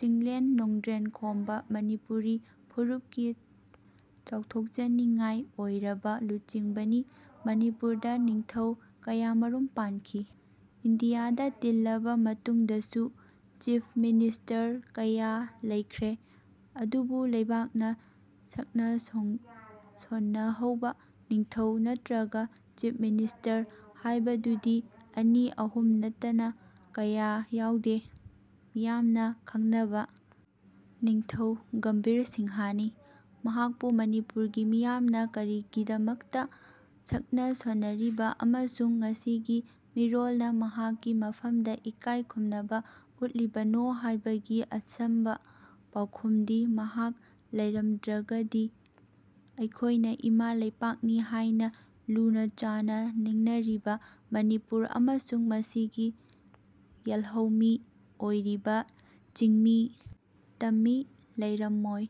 ꯆꯤꯡꯂꯦꯟ ꯅꯣꯡꯗ꯭ꯔꯦꯟꯈꯣꯝꯕ ꯃꯅꯤꯄꯨꯔꯤ ꯐꯨꯔꯨꯞꯀꯤ ꯆꯥꯎꯊꯣꯛꯆꯅꯤꯉꯥꯏ ꯑꯣꯏꯔꯕ ꯂꯨꯆꯤꯡꯕꯅꯤ ꯃꯅꯤꯄꯨꯔꯗ ꯅꯤꯡꯊꯧ ꯀꯌꯥꯃꯔꯨꯝ ꯄꯥꯟꯈꯤ꯫ ꯏꯟꯗꯤꯌꯥꯗ ꯇꯤꯜꯂꯕ ꯃꯇꯨꯡꯗꯁꯨ ꯆꯤꯐ ꯃꯤꯅꯤꯁꯇꯔ ꯀꯌꯥ ꯂꯩꯈ꯭ꯔꯦ꯫ ꯑꯗꯨꯕꯨ ꯂꯩꯕꯥꯛꯅ ꯁꯛꯅ-ꯁꯣꯟꯅꯍꯧꯕ ꯅꯤꯡꯊꯧ ꯅꯠꯇ꯭ꯔꯒ ꯆꯤꯐ ꯃꯤꯅꯤꯁꯇꯔ ꯍꯥꯏꯕꯗꯨꯗꯤ ꯑꯅꯤ ꯑꯍꯨꯝ ꯅꯠꯇꯅ ꯀꯌꯥ ꯌꯥꯎꯗꯦ꯫ ꯃꯤꯌꯥꯝꯅ ꯈꯪꯅꯕ ꯅꯤꯡꯊꯧ ꯒꯝꯚꯤꯔ ꯁꯤꯡꯍꯅꯤ꯫ ꯃꯍꯥꯛꯄꯨ ꯃꯅꯤꯄꯨꯔꯒꯤ ꯃꯤꯌꯥꯝꯅ ꯀꯔꯤꯒꯤꯗꯃꯛꯇ ꯁꯛꯅ-ꯁꯣꯟꯅꯔꯤꯕ ꯑꯃꯁꯨꯡ ꯉꯁꯤꯒꯤ ꯃꯤꯔꯣꯜꯅ ꯃꯍꯥꯛꯀꯤ ꯃꯐꯝꯗ ꯏꯀꯥꯏ ꯈꯨꯝꯅꯕ ꯎꯠꯂꯤꯕꯅꯣ ꯍꯥꯏꯕꯒꯤ ꯑꯁꯝꯕ ꯄꯥꯎꯈꯨꯝꯗꯤ ꯃꯍꯥꯛ ꯂꯩꯔꯝꯗ꯭ꯔꯒꯗꯤ ꯑꯩꯈꯣꯏꯅ ꯏꯃꯥ ꯂꯩꯄꯥꯛꯅꯤ ꯍꯥꯏꯅ ꯂꯨꯅ-ꯆꯥꯟꯅ ꯅꯤꯡꯅꯔꯤꯕ ꯃꯅꯤꯄꯨꯔ ꯑꯃꯁꯨꯡ ꯃꯁꯤꯒꯤ ꯌꯦꯜꯍꯧꯃꯤ ꯑꯣꯏꯔꯤꯕ ꯆꯤꯡꯃꯤ ꯇꯝꯃꯤ ꯂꯩꯔꯝꯃꯣꯏ꯫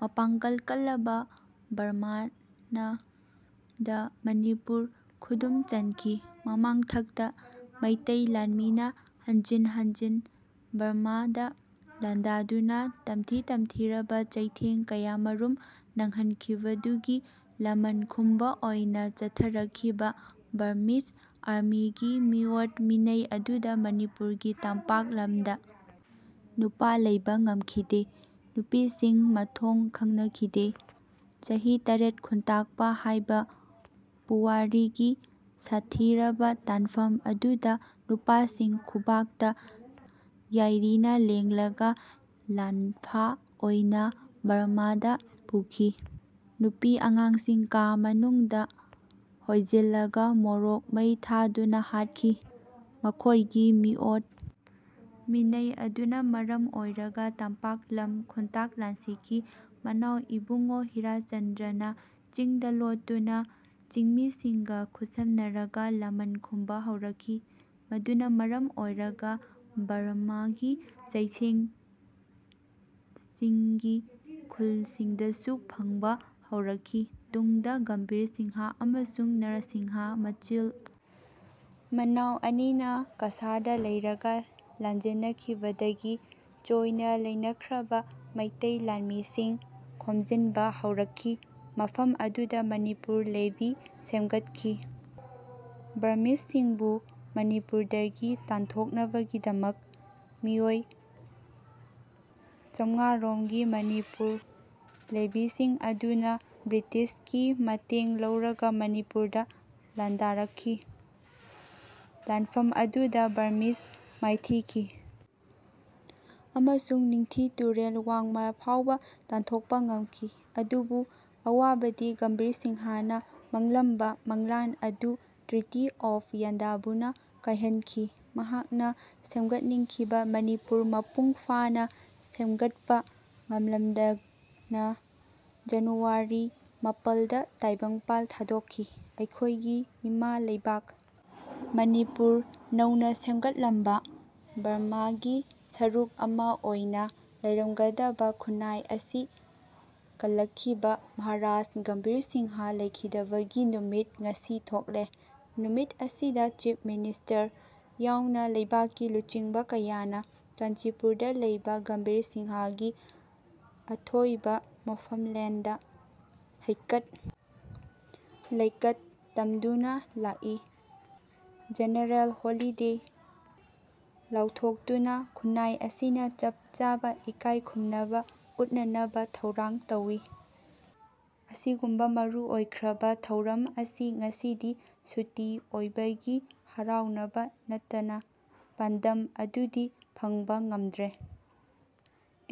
ꯃꯄꯥꯡꯒꯜ ꯀꯜꯂꯕ ꯕꯔꯃꯥꯅ ꯗ ꯃꯅꯤꯄꯨꯔ ꯈꯨꯗꯨꯝ ꯆꯟꯈꯤ꯫ ꯃꯃꯥꯡꯊꯛꯇ ꯃꯩꯇꯩ ꯂꯥꯟꯃꯤꯅ ꯍꯟꯖꯤꯟ ꯍꯟꯖꯤꯟ ꯕꯔꯝꯃꯥꯗ ꯂꯥꯟꯗꯥꯗꯨꯅ ꯇꯝꯊꯤ ꯇꯝꯊꯤꯔꯕ ꯆꯩꯊꯦꯡ ꯀꯌꯥꯃꯔꯨꯝ ꯅꯡꯍꯟꯈꯤꯕꯗꯨꯒꯤ ꯂꯃꯟ ꯈꯨꯝꯕ ꯑꯣꯏꯅ ꯆꯠꯊꯔꯛꯈꯤꯕ ꯕꯔꯝꯃꯤꯖ ꯑꯥꯔꯃꯤꯒꯤ ꯃꯤꯑꯣꯠ ꯃꯤꯅꯩ ꯑꯗꯨꯗ ꯃꯅꯤꯄꯨꯔꯒꯤ ꯇꯝꯄꯥꯛ ꯂꯝꯗ ꯅꯨꯄ ꯂꯩꯕ ꯉꯝꯈꯤꯗꯦ꯫ ꯅꯨꯄꯤꯁꯤꯡ ꯃꯊꯣꯡ ꯈꯪꯅꯈꯤꯗꯦ꯫ ꯆꯍꯤ ꯇꯔꯦꯠ ꯈꯨꯅꯇꯥꯛꯄ ꯍꯥꯏꯕ ꯄꯨꯋꯥꯔꯤꯒꯤ ꯁꯥꯠꯊꯤꯔꯕ ꯇꯥꯟꯐꯝ ꯑꯗꯨꯗ ꯅꯨꯄꯥꯁꯤꯡ ꯈꯨꯕꯥꯛꯇ ꯌꯥꯏꯔꯤꯅ ꯂꯦꯡꯂꯒ ꯂꯥꯟꯐꯥ ꯑꯣꯏꯅ ꯕꯔꯝꯝꯥꯗ ꯄꯨꯈꯤ꯫ ꯅꯨꯄꯤ ꯑꯉꯥꯡꯁꯤꯡ ꯀꯥ ꯃꯅꯨꯡꯗ ꯍꯣꯏꯖꯤꯜꯂꯒ ꯃꯣꯔꯣꯛ ꯃꯩ ꯊꯥꯗꯨꯅ ꯍꯥꯠꯈꯤ꯫ ꯃꯈꯣꯏꯒꯤ ꯃꯤꯑꯣꯠ ꯃꯤꯅꯩ ꯑꯗꯨꯅ ꯃꯔꯝ ꯑꯣꯏꯔꯒ ꯇꯝꯄꯥꯛ ꯂꯝ ꯈꯨꯟꯇꯥꯛ ꯂꯥꯟꯁꯤꯈꯤ꯫ ꯃꯅꯥꯎ ꯏꯕꯨꯉꯣ ꯍꯤꯔꯥꯆꯟꯗ꯭ꯔꯅ ꯆꯤꯡꯗ ꯂꯣꯠꯇꯨꯅ ꯆꯤꯡꯃꯤꯁꯤꯡꯒ ꯈꯨꯠꯁꯝꯅꯔꯒ ꯂꯃꯟ ꯈꯨꯝꯕ ꯍꯧꯔꯛꯈꯤ꯫ ꯃꯗꯨꯅ ꯃꯔꯝ ꯑꯣꯏꯔꯒ ꯕꯔꯝꯃꯥꯒꯤ ꯆꯩꯁꯦꯡ ꯆꯤꯡꯒꯤ ꯈꯨꯜꯁꯤꯡꯗꯁꯨ ꯐꯪꯕ ꯍꯧꯔꯛꯈꯤ꯫ ꯇꯨꯡꯗ ꯒꯝꯚꯤꯔ ꯁꯤꯡꯍ ꯑꯃꯁꯨꯡ ꯅꯔꯁꯤꯡꯍ ꯃꯆꯤꯜ ꯃꯅꯥꯎ ꯑꯅꯤꯅ ꯀꯁꯥꯔꯗ ꯂꯩꯔꯒ ꯂꯥꯟꯖꯦꯟꯅꯈꯤꯕꯗꯒꯤ ꯆꯣꯏꯅ ꯂꯩꯅꯈ꯭ꯔꯕ ꯃꯩꯇꯩ ꯂꯥꯟꯃꯤꯁꯤꯡ ꯈꯣꯝꯖꯤꯟꯕ ꯍꯧꯔꯛꯈꯤ꯫ ꯃꯐꯝ ꯑꯗꯨꯗ ꯃꯅꯤꯄꯨꯔ ꯂꯦꯚꯤ ꯁꯦꯝꯒꯠꯈꯤ꯫ ꯕꯔꯝꯃꯤꯖꯁꯤꯡꯕꯨ ꯃꯅꯤꯄꯨꯔꯗꯒꯤ ꯇꯥꯟꯊꯣꯛꯅꯕꯒꯤꯗꯃꯛ ꯃꯤꯑꯣꯏ ꯆꯝꯉꯥꯔꯣꯝꯒꯤ ꯃꯅꯤꯄꯨꯔ ꯂꯦꯚꯤꯁꯤꯡ ꯑꯗꯨꯅ ꯕ꯭ꯔꯤꯇꯤꯁꯀꯤ ꯃꯇꯦꯡ ꯂꯧꯔꯒ ꯃꯅꯤꯄꯨꯔꯗ ꯂꯥꯟꯗꯥꯔꯛꯈꯤ꯫ ꯂꯥꯟꯐꯝ ꯑꯗꯨꯗ ꯕꯔꯝꯃꯤꯖ ꯃꯥꯏꯊꯤꯈꯤ ꯑꯃꯁꯨꯡ ꯅꯤꯡꯊꯤ ꯇꯨꯔꯦꯜ ꯋꯥꯡꯃ ꯐꯥꯎꯕ ꯇꯥꯟꯊꯣꯛꯄ ꯉꯝꯈꯤ꯫ ꯑꯗꯨꯕꯨ ꯑꯋꯥꯕꯗꯤ ꯒꯝꯚꯤꯔ ꯁꯤꯡꯍꯅ ꯃꯪꯂꯝꯕ ꯃꯪꯂꯥꯟ ꯑꯗꯨ ꯇ꯭ꯔꯤꯇꯤ ꯑꯣꯐ ꯌꯥꯟꯗꯥꯕꯨꯅ ꯀꯥꯏꯍꯟꯈꯤ꯫ ꯃꯍꯥꯛꯅ ꯁꯦꯝꯒꯠꯅꯤꯡꯈꯤꯕ ꯃꯅꯤꯄꯨꯔ ꯃꯄꯨꯡ ꯐꯥꯅ ꯁꯦꯝꯒꯠꯄ ꯉꯝꯂꯝꯗꯅ ꯖꯥꯅꯨꯋꯥꯔꯤ ꯃꯄꯜꯗ ꯇꯥꯏꯕꯪꯄꯥꯜ ꯊꯥꯗꯣꯛꯈꯤ꯫ ꯑꯩꯈꯣꯏꯒꯤ ꯏꯃꯥ ꯂꯩꯕꯥꯛ ꯃꯅꯤꯄꯨꯔ ꯅꯧꯅ ꯁꯦꯝꯒꯠꯂꯝꯕ, ꯕꯔꯝꯃꯥꯒꯤ ꯁꯔꯨꯛ ꯑꯃ ꯑꯣꯏꯅ ꯂꯩꯔꯝꯒꯗꯕ ꯈꯨꯟꯅꯥꯏ ꯑꯁꯤ ꯀꯜꯂꯛꯈꯤꯕ ꯃꯍꯥꯔꯥꯖ ꯒꯝꯚꯤꯔ ꯁꯤꯡꯍ ꯂꯩꯈꯤꯗꯕꯒꯤ ꯅꯨꯃꯤꯠ ꯉꯁꯤ ꯊꯣꯛꯂꯦ꯫ ꯅꯨꯃꯤꯠ ꯑꯁꯤꯗ ꯆꯤꯐ ꯃꯤꯅꯤꯁꯇꯔ ꯌꯥꯎꯅ ꯂꯩꯕꯥꯛꯀꯤ ꯂꯨꯆꯤꯡꯕ ꯀꯌꯥꯅ ꯀꯥꯟꯆꯤꯄꯨꯔꯗ ꯂꯩꯕ ꯒꯝꯚꯤꯔ ꯁꯤꯡꯍꯒꯤ ꯑꯊꯣꯏꯕ ꯃꯣꯐꯝꯂꯦꯟꯗ ꯍꯩꯀꯠ ꯂꯩꯀꯠ ꯇꯝꯗꯨꯅ ꯂꯥꯛꯏ꯫ ꯖꯦꯅꯔꯦꯜ ꯍꯣꯂꯤꯗꯦ ꯂꯥꯎꯊꯣꯛꯇꯨꯅ ꯈꯨꯟꯅꯥꯏ ꯑꯁꯤꯅ ꯆꯞ ꯆꯥꯕ ꯏꯀꯥꯏ ꯈꯨꯝꯅꯕ ꯎꯠꯅꯅꯕ ꯊꯧꯔꯥꯡ ꯇꯧꯏ꯫ ꯑꯁꯤꯒꯨꯝꯕ ꯃꯔꯨꯑꯣꯏꯈ꯭ꯔꯕ ꯊꯧꯔꯝ ꯑꯁꯤ ꯉꯁꯤꯗꯤ ꯁꯨꯇꯤ ꯑꯣꯏꯕꯒꯤ ꯍꯔꯥꯎꯅꯕ ꯅꯠꯇꯅ ꯄꯥꯟꯗꯝ ꯑꯗꯨꯗꯤ ꯐꯪꯕ ꯉꯝꯗ꯭ꯔꯦ꯫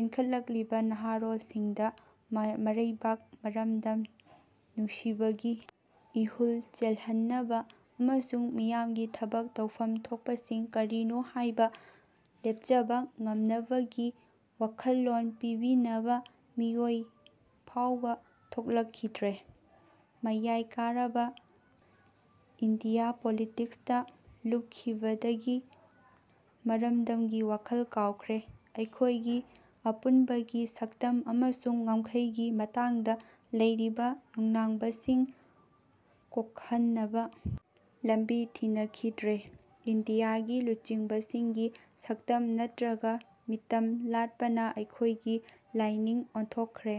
ꯏꯟꯈꯠꯂꯛꯂꯤꯕ ꯅꯍꯥꯔꯣꯜꯁꯤꯡꯗ ꯃꯔꯩꯕꯥꯛ ꯃꯔꯝꯗꯝ ꯅꯨꯡꯁꯤꯕꯒꯤ ꯏꯍꯨꯜ ꯆꯦꯜꯍꯟꯅꯕ ꯑꯃꯁꯨꯡ ꯃꯤꯌꯥꯝꯒꯤ ꯊꯕꯛ ꯇꯧꯐꯝ ꯊꯣꯛꯄꯁꯤꯡ ꯀꯔꯤꯅꯣ ꯍꯥꯏꯕ ꯂꯦꯞꯆꯕ ꯉꯝꯅꯕꯒꯤ ꯋꯥꯈꯜꯂꯣꯟ ꯄꯤꯕꯤꯅꯕ ꯃꯤꯑꯣꯏ ꯐꯥꯎꯕ ꯊꯣꯛꯂꯛꯈꯤꯗ꯭ꯔꯦ꯫ ꯃꯌꯥꯏ ꯀꯥꯔꯕ ꯏꯟꯗꯤꯌꯥ ꯄꯣꯂꯤꯇꯤꯛꯁꯇ ꯂꯨꯞꯈꯤꯕꯗꯒꯤ ꯃꯔꯝꯗꯝꯒꯤ ꯋꯥꯈꯜ ꯀꯥꯎꯈ꯭ꯔꯦ꯫ ꯑꯩꯈꯣꯏꯒꯤ ꯑꯄꯨꯟꯕꯒꯤ ꯁꯛꯇꯝ ꯑꯃꯁꯨꯡ ꯉꯝꯈꯩꯒꯤ ꯃꯇꯥꯡꯗ ꯂꯩꯔꯤꯕ ꯅꯨꯡꯅꯥꯡꯕꯁꯤꯡ ꯀꯣꯛꯍꯟꯅꯕ ꯂꯝꯕꯤ ꯊꯤꯅꯈꯤꯗ꯭ꯔꯦ꯫ ꯏꯟꯗꯤꯌꯥꯒꯤ ꯂꯨꯆꯤꯡꯕꯁꯤꯡꯒꯤ ꯁꯛꯇꯝ ꯅꯠꯇ꯭ꯔꯒ ꯃꯤꯇꯝ ꯂꯥꯠꯄꯅ ꯑꯩꯈꯣꯏꯒꯤ ꯂꯥꯏꯅꯤꯡ ꯑꯣꯟꯊꯣꯛꯈꯔꯦ꯫